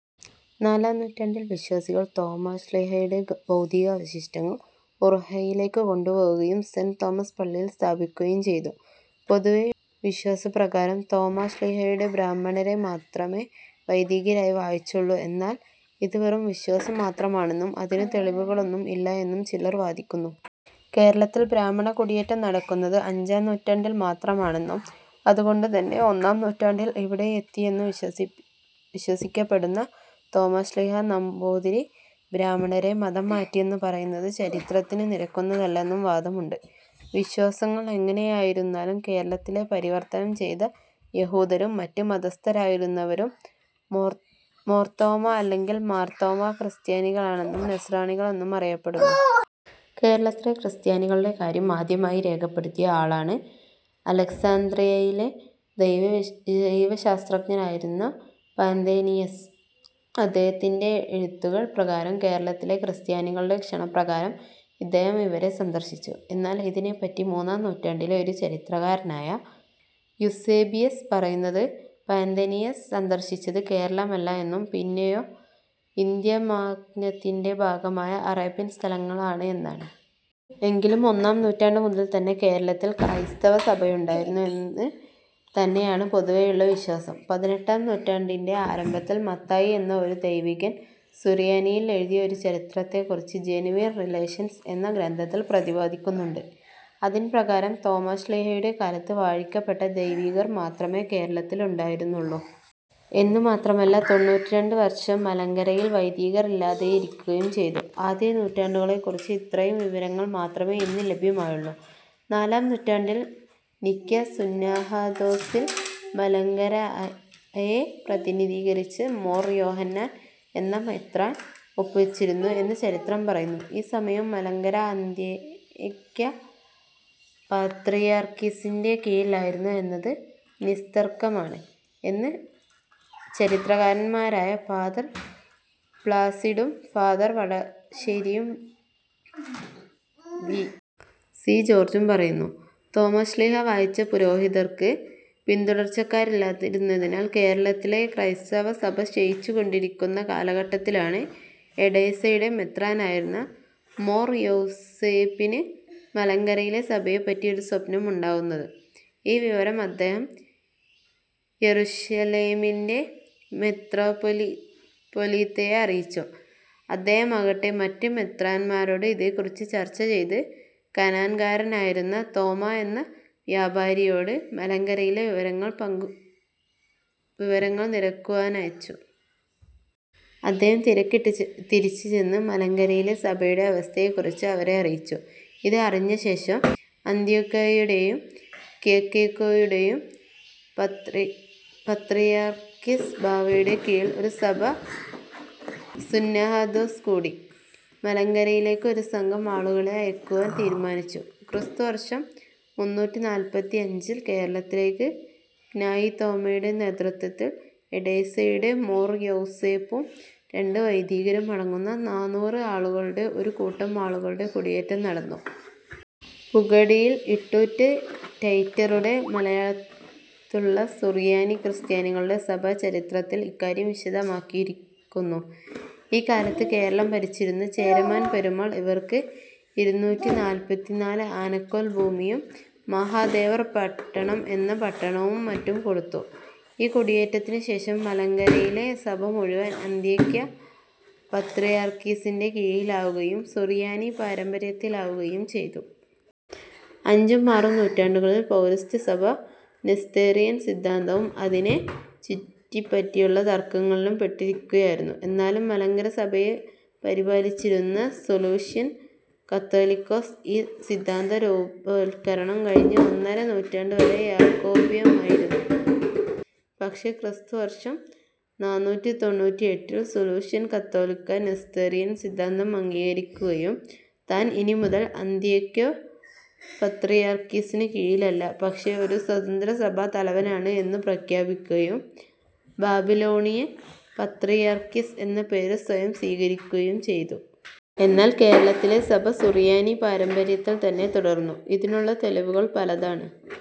നാലാം നൂറ്റാണ്ടിൽ വിശ്വാസികൾ തോമാ ശ്ലീഹായുടെ ഭൗതിക അവശിഷ്ടങ്ങൾ ഉർഹോയിലേക്ക് കൊണ്ടുപോവുകയും സെയ്ൻ്റ് തോമസ് പള്ളിയിൽ സ്ഥാപിക്കുകയും ചെയ്തു. പൊതുവേയുള്ള വിശ്വാസപ്രകാരം തോമാ ശ്ലീഹാ ബ്രാഹ്മണരെ മാത്രമെ വൈദികരായി വാഴിച്ചുള്ളു, എന്നാൽ ഇത് വെറും വിശ്വാസം മാത്രമാണെന്നും അതിന് തെളിവുകളൊന്നും ഇല്ല എന്നും ചിലർ വാദിക്കുന്നു. കേരളത്തിൽ ബ്രാഹ്മണകുടിയേറ്റം നടക്കുന്നത് അഞ്ചാംനൂറ്റാണ്ടിൽ മാത്രമാണെന്നും അതുകൊണ്ടുതന്നെ ഒന്നാംനൂറ്റാണ്ടിൽ ഇവിടെയെത്തിയെന്നു വിശ്വസിക്കപ്പെടുന്ന തോമാശ്ലീഹ നമ്പൂതിരി ബ്രാഹ്മണരെ മതംമാറ്റിയെന്ന് പറയുന്നത് ചരിത്രത്തിനു നിരക്കുന്നതല്ലെന്നും വാദമുണ്ട്. വിശ്വാസങ്ങൾ എങ്ങനെയായിരുന്നാലും കേരളത്തിലെ പരിവർത്തനം ചെയ്ത യഹൂദരും മറ്റ് മതസ്ഥരായിരുന്നവരും മോർ തോമാ അല്ലെങ്കിൽ മാർ തോമാ ക്രിസ്ത്യാനികളെന്നും നസ്രാണികൾ എന്നും അറിയപ്പെട്ടിരുന്നു. കേരളത്തിലെ ക്രിസ്ത്യാനികളുടെ കാര്യം ആദ്യമായി രേഖപ്പെടുത്തിയ ആളാണ് അലക്സന്ത്രിയായിലെ ദൈവശാസ്ത്രജ്ഞനായിരുന്ന പന്തേനിയസ്. അദ്ദേഹത്തിൻ്റെ എഴുത്തുകൾ പ്രകാരം കേരളത്തിലെ ക്രിസ്ത്യാനികളുടെ ക്ഷണപ്രകാരം ഇദ്ദേഹം ഇവരെ സന്ദർശിച്ചു. എന്നാൽ ഇതിനേപ്പറ്റി മൂന്നാം നൂറ്റാണ്ടിലെ ഒരു ചരിത്രകാരനായ യൂസേബിയസ് പറയുന്നത് പന്തേനിയസ് സന്ദർശിച്ചത് കേരളമല്ല എന്നും പിന്നെയോ ഇന്ത്യാ മഗ്നത്തിൻ്റെ ഭാഗമായ അറേബ്യൻ സ്ഥലങ്ങൾ ആണ് എന്നാണ്. എങ്കിലും ഒന്നാം നൂറ്റാണ്ടു മുതൽ തന്നെ കേരളത്തിൽ ക്രൈസ്തവസഭയുണ്ടായിരുന്നു എന്ന് തന്നെയാണ് പൊതുവേയുള്ള വിശ്വാസം. പതിനെട്ടാം നൂറ്റാണ്ടിൻ്റെ ആരംഭത്തിൽ മത്തായി എന്ന ഒരു വൈദികൻ സുറിയാനിയിൽ എഴുതിയ ഒരു ചരിത്രത്തെക്കുറിച്ച് "ജെനുവിൻ റിലേഷൻസ്" എന്ന ഗ്രന്ഥത്തിൽ പ്രതിപാദിക്കുന്നുണ്ട്. അതിൻപ്രകാരം തോമ്മാശ്ലീഹായുടെ കാലത്ത് വാഴിക്കപ്പെട്ട വൈദികർ മാത്രമേ കേരളത്തിൽ ഉണ്ടായിരുന്നുള്ളൂ. എന്നുമാത്രമല്ല തൊണ്ണൂറ്റിരണ്ട് വർഷം മലങ്കരയിൽ വൈദികർ ഇല്ലാതെയിരിക്കുകയും ചെയ്തു. ആദ്യ നൂറ്റാണ്ടുകളേക്കുറിച്ച് ഇത്രയും വിവരങ്ങൾ മാത്രമെ ഇന്ന് ലഭ്യമായുള്ളു. നാലാം നൂറ്റാണ്ടിൽ നിഖ്യാ സുന്നഹദോസിൽ മലങ്കരയെ പ്രതിനിധീകരിച്ച് മോർ യോഹന്നാൻ എന്ന മെത്രാൻ ഒപ്പ് വച്ചിരുന്നു എന്ന് ചരിത്രം പറയുന്നു. ഈ സമയം മലങ്കര അന്ത്യോക്യ പാത്രിയാർക്കീസിൻ്റെ കീഴിൽ ആയിരുന്നു എന്നത് നിസ്തർക്കമാണ് എന്ന് ചരിത്രകാരന്മാരായ ഫാദർ പ്ലാസിഡും, ഫാദർ വടശേരിയും വി. സി. ജോർജ്ജും പറയുന്നു. തോമാശ്ലീഹാ വാഴിച്ച പുരോഹിതന്മാർക്ക് പിന്തുടർച്ചക്കാരില്ലാതിരുന്നതിനാൽ കേരളത്തിലെ ക്രൈസ്തവ സഭ ക്ഷയിച്ചുകൊണ്ടിരിക്കുന്ന കാലഘട്ടത്തിലാണ് എഡേസയുടെ മെത്രാനായിരുന്ന മോർ യൗസേപ്പിന് മലങ്കരയിലെ സഭയെപ്പറ്റി ഒരു സ്വപ്നം ഉണ്ടാവുന്നത്. ഈ വിവരം ഇദ്ദേഹം യെരുശലേമിൻ്റെ മെത്രാപ്പൊലീത്തയെ അറിയിച്ചു. അദ്ദേഹമാകട്ടെ മറ്റ് മെത്രാന്മാരോട് ഇതേക്കുറിച്ച് ചർച്ച ചെയ്ത് കനാൻകാരനായിരുന്ന തോമ എന്ന വ്യാപാരിയോട് മലങ്കരയിലെ വിവരങ്ങൾ തിരക്കുവാനയച്ചു. ഇദ്ദേഹം തിരക്കിയിട്ട് തിരിച്ച് ചെന്ന് മലങ്കരയിലെ സഭയുടെ അവസ്ഥയെക്കുറിച്ച് അവരെ അറിയിച്ചു. ഇത് അറിഞ്ഞ ശേഷം അന്ത്യോക്യായുടേയും കിഴക്കൊക്കെയുടേയും പാത്രിയർക്കീസ് ബാവയുടെ കീഴിൽ ഒരു സഭാ സുന്നഹദോസ് കൂടി, മലങ്കരയിലേക്ക് ഒരു സംഘം ആളുകളെ അയക്കുവാൻ തീരുമാനിച്ചു. ക്രിസ്തു വർഷം മുന്നൂറ്റിനാല്പത്തിഅഞ്ചിൽ കേരളത്തിലേക്ക് ക്നായിത്തോമയുടെ നേതൃത്വത്തിൽ എഡേസയുടെ മോർ യൗസേപ്പും രണ്ട് വൈദികരും അടങ്ങുന്ന നാനൂറ് ആളുകളുടെ ഒരു കൂട്ടം ആളുകളുടെ കുടിയേറ്റം നടന്നു. പുകടിയിൽ ഇട്ടൂപ്പ് റൈറ്ററുടെ മലയാളത്തുള്ള സുറിയാനി ക്രിസ്ത്യാനികളുടെ സഭാ ചരിത്രത്തിൽ ഇക്കാര്യം വിശദമാക്കിയിരിക്കുന്നു. ഈ കാലത്ത് കേരളം ഭരിച്ചിരുന്ന ചേരമാൻ പെരുമാൾ ഇവർക്ക് ഇരുന്നൂറ്റിനാല്പത്തിനാല് ആനക്കോൽ ഭൂമിയും മഹാദേവർപട്ടണം എന്ന പട്ടണവും മറ്റും കൊടുത്തു. ഈ കുടിയേറ്റത്തിന് ശേഷം മലങ്കരയിലെ സഭ മുഴുവൻ അന്ത്യോക്യ പാത്രിയാർക്കിസിൻ്റെ കീഴിലാവുകയും സുറിയാനി പാരമ്പര്യംത്തിലാവുകയും ചെയ്തു. അഞ്ചും ആറും നൂറ്റാണ്ടുകളിൽ പൗരസ്ത്യ സഭ നെസ്തോറിയൻ സിദ്ധാന്തവും അതിനെ ചുറ്റിപ്പറ്റിയുള്ള തർക്കങ്ങളിലും പെട്ടിരിക്കുകയായിരുന്നു. എന്നാലും മലങ്കര സഭയെ പരിപാലിച്ചിരുന്ന സെലൂഷ്യൻ കാതോലിക്കോസ് ഈ സിദ്ധാന്ത രൂപവത്കരണം കഴിഞ്ഞ് ഒന്നര നൂറ്റാണ്ട് വരെ യാക്കോബ്യമായിരുന്നു. പക്ഷെ ക്രിസ്തു വർഷം നാനൂറ്റിതൊണ്ണൂറ്റിഎട്ടിൽ സെലൂഷ്യൻ കതോലിക്ക നെസ്തോറിയൻ സിദ്ധാന്തം അംഗീകരിക്കുകയും താൻ ഇനി മുതൽ അന്ത്യോക്യ പാത്രിയർക്കീസിന് കീഴിലല്ല, പക്ഷെ ഒരു സ്വതന്ത്ര സഭാ തലവനാണ് എന്നു പ്രഖ്യാപിക്കുകയും ബാബിലോണിയൻ പാത്രിയർക്കീസ് എന്ന പേര് സ്വയം സ്വീകരിക്കുകയും ചെയ്തു. എന്നാൽ കേരളത്തിലെ സഭ സുറിയാനി പാരമ്പര്യത്തിൽ തന്നെ തുടർന്നു. ഇതിനുള്ള തെളിവുകൾ പലതാണ്.